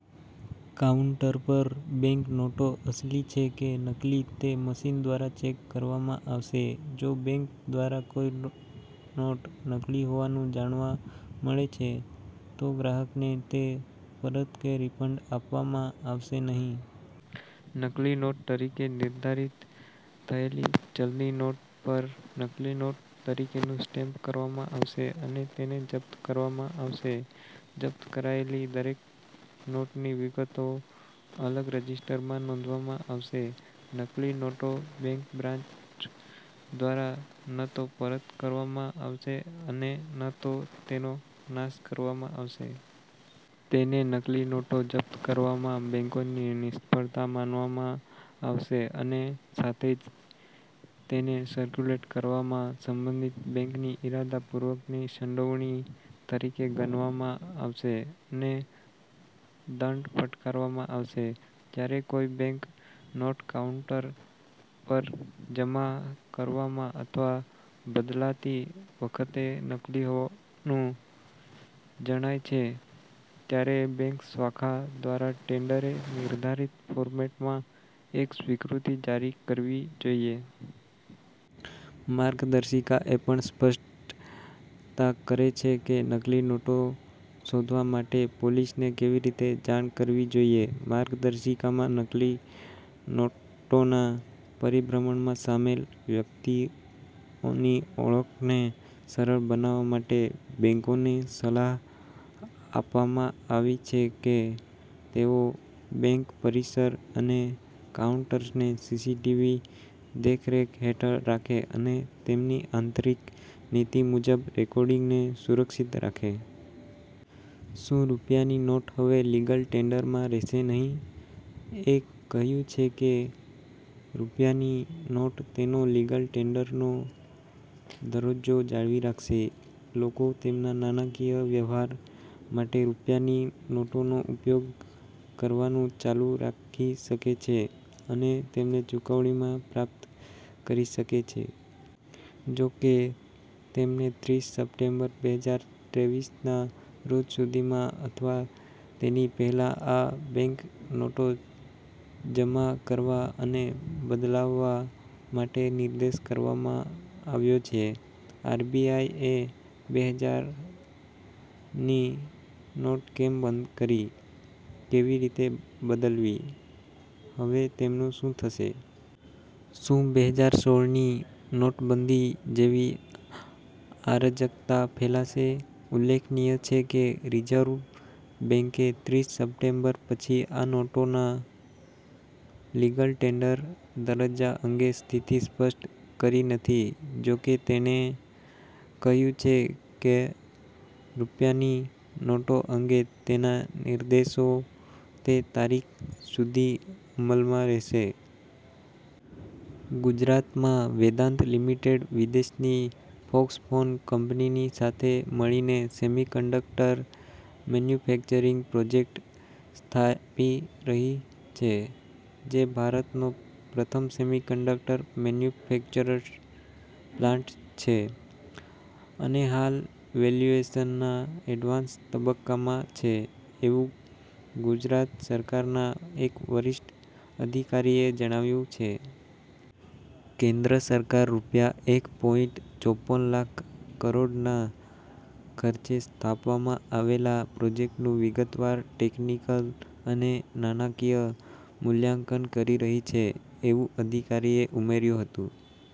Counter પર bank નોટો અસલી છે કે નકલી તે મશીન દ્વારા ચેક કરવામાં આવશે. જો બેંક દ્વારા કોઈ નોટ નકલી હોવાનું જાણવા મળે છે, તો ગ્રાહકને તે પરત કે રિફંડ આપવામાં આવશે નહીં. નકલી તરીકે નિર્ધારિત થયેલી ચલણી નોટ પર "નકલી નોટ" તરીકેનું સ્ટેમ્પ કરવામાં આવશે અને તેને જપ્ત કરવામાં આવશે. જપ્ત કરાયેલી દરેક નોટની વિગતો અલગ રજીસ્ટરમાં નોંધવામાં આવશે. નકલી નોટો બેંક બ્રાન્ચ દ્વારા ન તો પરત કરવામાં આવશે અને ન તો તેનો નાશ કરવામાં આવશે. તેને નકલી નોટો જપ્ત કરવામાં બેંકોની નિષ્ફળતા માનવામાં આવશે અને સાથે જ તેને સર્ક્યુલેટ કરવામાં સંબંધિત બેંકની ઇરાદાપૂર્વકની સંડોવણી તરીકે ગણવામાં આવશે અને દંડ ફટકારવામાં આવશે. જ્યારે કોઈ બેંક નોટ કાઉન્ટર પર જમા કરવામાં અથવા બદલાતી વખતે નકલી હોવાનું જણાય છે, ત્યારે બેંક શાખા દ્વારા ટેન્ડરે નિર્ધારિત ફોર્મેટમાં એક સ્વીકૃતિ જારી કરવી જોઈએ. માર્ગદર્શિકા એ પણ સ્પષ્ટતા કરે છે કે નકલી નોટો શોધવા માટે પોલીસને કેવી રીતે જાણ કરવી જોઈએ. માર્ગદર્શિકામાં નકલી નોટોના પરિભ્રમણમાં સામેલ વ્યક્તિઓની ઓળખને સરળ બનાવવા માટે, બેંકોને સલાહ આપવામાં આવી છે કે તેઓ બેંક પરિસર અને કાઉન્ટર્સને સીસીટીવી દેખરેખ હેઠળ રાખે અને તેમની આંતરિક નીતિ મુજબ રેકોર્ડિંગને સુરક્ષિત રાખે. શું રૂપિયાની નોટ હવે લીગલ ટેન્ડર રહેશે નહીં? એ કહ્યું છે કે રૂપિયાની નોટ તેનો લીગલ ટેન્ડરનો દરજ્જો જાળવી રાખશે. લોકો તેમના નાણાંકીય વ્યવહાર માટે રૂપિયાની નોટોનો ઉપયોગ કરવાનું ચાલુ રાખી શકે છે અને તેમને ચુકવણીમાં પણ પ્રાપ્ત કરી શકે છે. જો કે, તેમને ત્રીસ સપ્ટેમ્બર, બેહજાર ત્રેવીસના રોજ સુધીમાં અથવા તેની પહેલાં આ બેંક નોટો જમા કરવા અને બદલાવવા માટે નિર્દેશ કરવામાં આવ્યો છે. આરબીઆઇ એ બે હજાર ની નોટ કેમ બંધ કરી, કેવી રીતે બદલવી, હવે તેમનું શું થશે. શું બે હજાર સોળ ની નોટબંધી જેવી અરાજકતા ફેલાશે? ઉલ્લેખનિય છે કે, રિઝર્વ બેંકે ત્રીસ સપ્ટેમ્બર પછી આ નોટોના લીગલ ટેન્ડર દરજ્જા અંગે સ્થિતિ સ્પષ્ટ કરી નથી. જો કે, તેણે કહ્યું છે કે રૂપિયાની નોટો અંગે તેના નિર્દેશો તે તારીખ સુધી અમલમાં રહેશે. ગુજરાતમાં વેદાંત લિમિટેડ વિદેશની ફોક્સકોન કંપનીની સાથે મળીને સેમિકન્ડક્ટર મેન્યુફેક્ચરિંગ પ્રોજેક્ટ સ્થાપી રહી છે. જે ભારતનો પ્રથમ સેમિકન્ડક્ટર મેન્યુફેક્ચર્સ પ્લાન્ટ છે અને હાલ "વેલ્યૂશનના એડવાન્સ તબક્કામાં" છે, એવું ગુજરાત સરકારના એક વરિષ્ઠ અધિકારીએ જણાવ્યું છે. કેન્દ્ર સરકાર રૂપિયા એક પોઈંટ ચોપન લાખ કરોડના ખર્ચે સ્થાપવામાં આવેલા પ્રોજેક્ટનું વિગતવાર ટેકનિકલ અને નાણાકીય મૂલ્યાંકન કરી રહી છે, એવું અધિકારીએ ઉમેર્યું હતું.